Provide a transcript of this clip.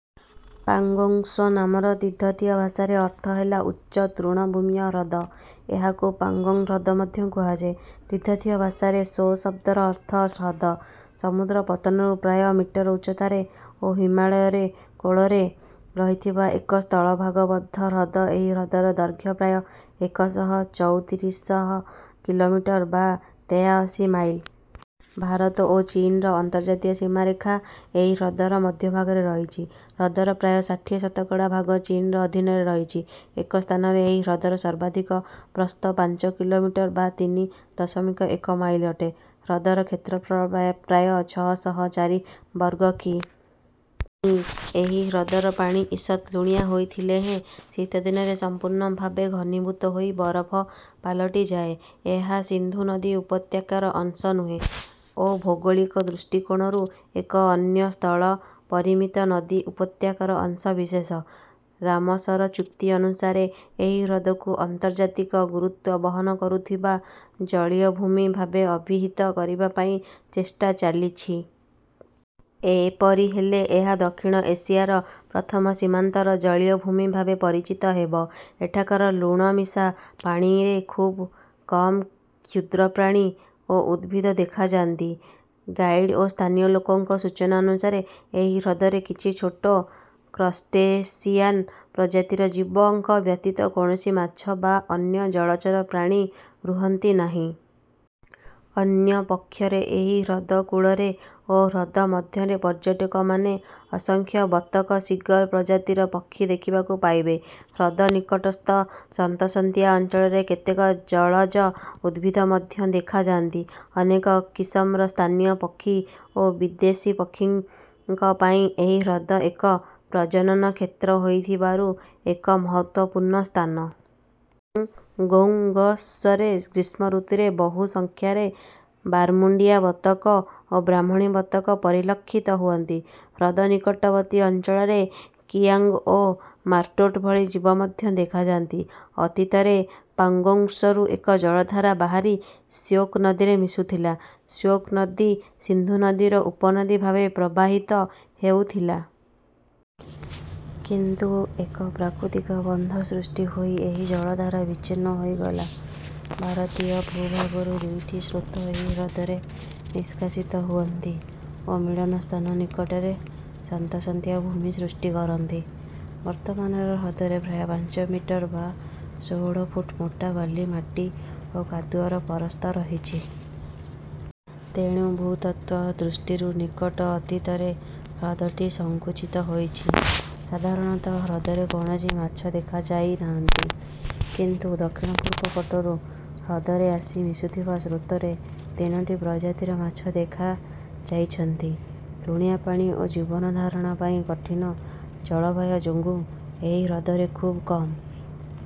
ପାଂଗୋଂଗ୍ ତ୍ସୋ ନାମର ତିବ୍ୱତୀୟ ଭାଷାରେ ଅର୍ଥ ହେଲା ଉଚ୍ଚ ତୃଣଭୂମୀୟ ହ୍ରଦ। ଏହାକୁ ପାଂଗୋଂଗ୍ ହ୍ରଦ ମଧ୍ୟ କୁହାଯାଏ। ତିବ୍ୱତୀୟ ଭାଷାରେ ତ୍ସୋ ଶବ୍ଦର ଅର୍ଥ ହ୍ରଦ। ସମୁଦ୍ରପତନରୁ ପ୍ରାୟ ମିଟର୍ ଉଚ୍ଚତାରେ ଓ ହିମାଳୟରେ କୋଳରେ ରହିଥିବା ଏକ ସ୍ଥଳଭାଗବଦ୍ଧ ହ୍ରଦ। ଏହି ହ୍ରଦର ଦୈର୍ଘ୍ୟ ପ୍ରାୟ ଏକ ଶହ ଚଉତିରିଶ କିଲୋମିଟର୍ ବା ତେୟାଅଶୀ ମାଇଲ୍। ଭାରତ ଓ ଚୀନର ଅନ୍ତର୍ଜାତୀୟ ସୀମାରେଖା ଏହି ହ୍ରଦର ମଧ୍ୟଭାଗରେ ରହିଛି। ହ୍ରଦର ପ୍ରାୟ ଷାଠିଏ ଶତକଡା ଭାଗ ଚୀନର ଅଧୀନରେ ରହିଛି। ଏକ ସ୍ଥାନରେ ଏହି ହ୍ରଦର ସର୍ବାଧିକ ପ୍ରସ୍ଥ ପାଞ୍ଚ କିଲୋମିଟର୍ ବା ତିନି ଦଶମିକ ଏକ ମାଇଲ୍ ଅଟେ। ହ୍ରଦର କ୍ଷେତ୍ରଫଳ ପ୍ରାୟ ଛଅ ଶହ ଚାରି ବର୍ଗ କି. ମି.। ଏହି ହ୍ରଦର ପାଣି ଈଷତ୍ ଲୁଣିଆ ହୋଇଥିଲେ ହେଁ ଶୀତଦିନରେ ସମ୍ପୂର୍ଣ୍ଣ ଭାବେ ଘନୀଭୂତ ହୋଇ ବରଫ ପାଲଟିଯାଏ। ଏହା ସିନ୍ଧୁ ନଦୀ ଉପତ୍ୟକାର ଅଂଶ ନୁହେଁ ଓ ଭୌଗୋଳିକ ଦୃଷ୍ଟିକୋଣରୁ ଏକ ଅନ୍ୟ ସ୍ଥଳପରିମୀତ ନଦୀ ଉପତ୍ୟକାର ଅଂଶବିଶେଷ। ରାମସର ଚୁକ୍ତି ଅନୁସାରେ ଏହି ହ୍ରଦକୁ ଅନ୍ତର୍ଯାତିକ ଗୁରୁତ୍ତ୍ୱ ବହନ କରୁଥିବା ଜଳୀୟଭୂମି ଭାବେ ଅଭିହିତ କରିବା ପାଇଁ ଚେଷ୍ଟା ଚାଲିଛି। ଏପରି ହେଲେ ଏହା ଦକ୍ଷିଣ ଏସିଆର ପ୍ରଥମ ସୀମାନ୍ତର ଜଳୀୟଭୂମି ଭାବେ ପରିଚିତ ହେବ। ଏଠାକାର ଲୁଣମିଶା ପାଣିରେ ଖୁବ୍ କମ୍ କ୍ଷୁଦ୍ରପ୍ରାଣୀ ଓ ଉଦ୍ଭିଦ ଦେଖାଯାନ୍ତି। ଗାଇଡ୍ ଓ ସ୍ଥାନୀୟ ଲୋକଙ୍କ ସୂଚନାନୁସାରେ ଏହି ହ୍ରଦରେ କିଛି ଛୋଟ କ୍ରଷ୍ଟେସିୟାନ୍ ପ୍ରଜାତିର ଜୀବ ଙ୍କ ବ୍ୟତୀତ କୌଣସି ମାଛ ବା ଅନ୍ୟ ଜଳଚର ପ୍ରାଣୀ ରୁହନ୍ତି ନାହିଁ। ଅନ୍ୟ ପକ୍ଷରେ ଏହି ହ୍ରଦକୂଳରେ ଓ ହ୍ରଦମଧ୍ୟରେ ପର୍ଯ୍ୟଟକମାନେ ଅସଂଖ୍ୟ ବତକ ସିଗଲ୍ ପ୍ରଜାତିର ପକ୍ଷୀ ଦେଖିବାକୁ ପାଇବେ। ହ୍ରଦ ନିକଟସ୍ଥ ସନ୍ତସନ୍ତିଆ ଅଞ୍ଚଳରେ କେତେକ ଜଳଜ ଉଦ୍ଭିଦ ମଧ୍ୟ ଦେଖାଯାନ୍ତି। ଅନେକ କିସମର ସ୍ଥାନୀୟ ପକ୍ଷୀ ଓ ବିଦେଶୀ ପକ୍ଷୀଙ୍କ ପାଇଁ ଏହି ହ୍ରଦ ଏକ ପ୍ରଜନନ କ୍ଷେତ୍ର ହୋଇଥିବାରୁ ଏକ ମହତ୍ତ୍ୱପୂର୍ଣ୍ଣ ସ୍ଥାନ। ପାଂଗୋଂଗ୍ ତ୍ସୋରେ ଗ୍ରୀଷ୍ମଋତୁରେ ବହୁ ସଂଖ୍ୟାରେ ବାର୍ମୁଣ୍ଡିଆ ବତକ ଓ ବ୍ରାହ୍ମଣୀ ବତକ ପରିଲକ୍ଷିତ ହୁଅନ୍ତି। ହ୍ରଦ ନିକଟବର୍ତ୍ତୀ ଅଞ୍ଚଳରେ କିଆଂଗ୍ ଓ ମାର୍ମୋଟ୍ ଭଳି ଜୀବ ମଧ୍ୟ ଦେଖାଯାନ୍ତି। ଅତୀତରେ ପାଂଗୋଂଗ୍ ତ୍ସୋରୁ ଏକ ଜଳଧାରା ବାହାରି ଶ୍ୟୋକ୍ ନଦୀରେ ମିଶୁଥିଲା ଓ ଶ୍ୟୋକ୍ ନଦୀ ସିନ୍ଧୁ ନଦୀର ଉପନଦୀ ଭାବେ ପ୍ରବାହିତ ହେଉଥିଲା। କିନ୍ତୁ ଏକ ପ୍ରାକୃତିକ ବନ୍ଧ ସୃଷ୍ଟି ହୋଇ ଏହି ଜଳଧାରା ବିଚ୍ଛିନ୍ନ ହୋଇଗଲା। ଭାରତୀୟ ଭୂଭାଗରୁ ଦୁଇଟି ସ୍ରୋତ ଏହି ହ୍ରଦରେ ନିଷ୍କାସିତ ହୁଅନ୍ତି ଓ ମିଳନ ସ୍ଥାନ ନିକଟରେ ସନ୍ତସନ୍ତିଆ ଭୂମି ସୃଷ୍ଟି କରନ୍ତି। ବର୍ତ୍ତମାନର ହ୍ରଦରେ ପ୍ରାୟ ପାଞ୍ଚ ମିଟର୍ ବା ଷୋହଳ ଫୁଟ୍ ମୋଟା ବାଲି ମାଟି ଓ କାଦୁଅର ପରସ୍ତ ରହିଛି। ତେଣୁ ଭୂତତ୍ତ୍ୱ ଦୃଷ୍ଟିରୁ ନିକଟ ଅତୀତରେ ହ୍ରଦଟି ସଂକୁଚିତ ହୋଇଅଛି। ସାଧାରଣତଃ ହ୍ରଦରେ କୌଣସି ମାଛ ଦେଖାଯାଇନାହାନ୍ତି। କିନ୍ତୁ ଦକ୍ଷିଣପୂର୍ବ ପଟରୁ ହ୍ରଦରେ ଆସି ମିଶୁଥିବା ସ୍ରୋତ ରେ ତିନୋଟି ପ୍ରଜାତିର ମାଛ ଦେଖାଯାଇଛନ୍ତି। ଲୁଣିଆ ପାଣି ଓ ଜୀବନଧାରଣ ପାଇଁ କଠିନ ଜଳବାୟୁ ଯୋଗୁଁ ଏହି ହ୍ରଦରେ ଖୁବ୍ କମ୍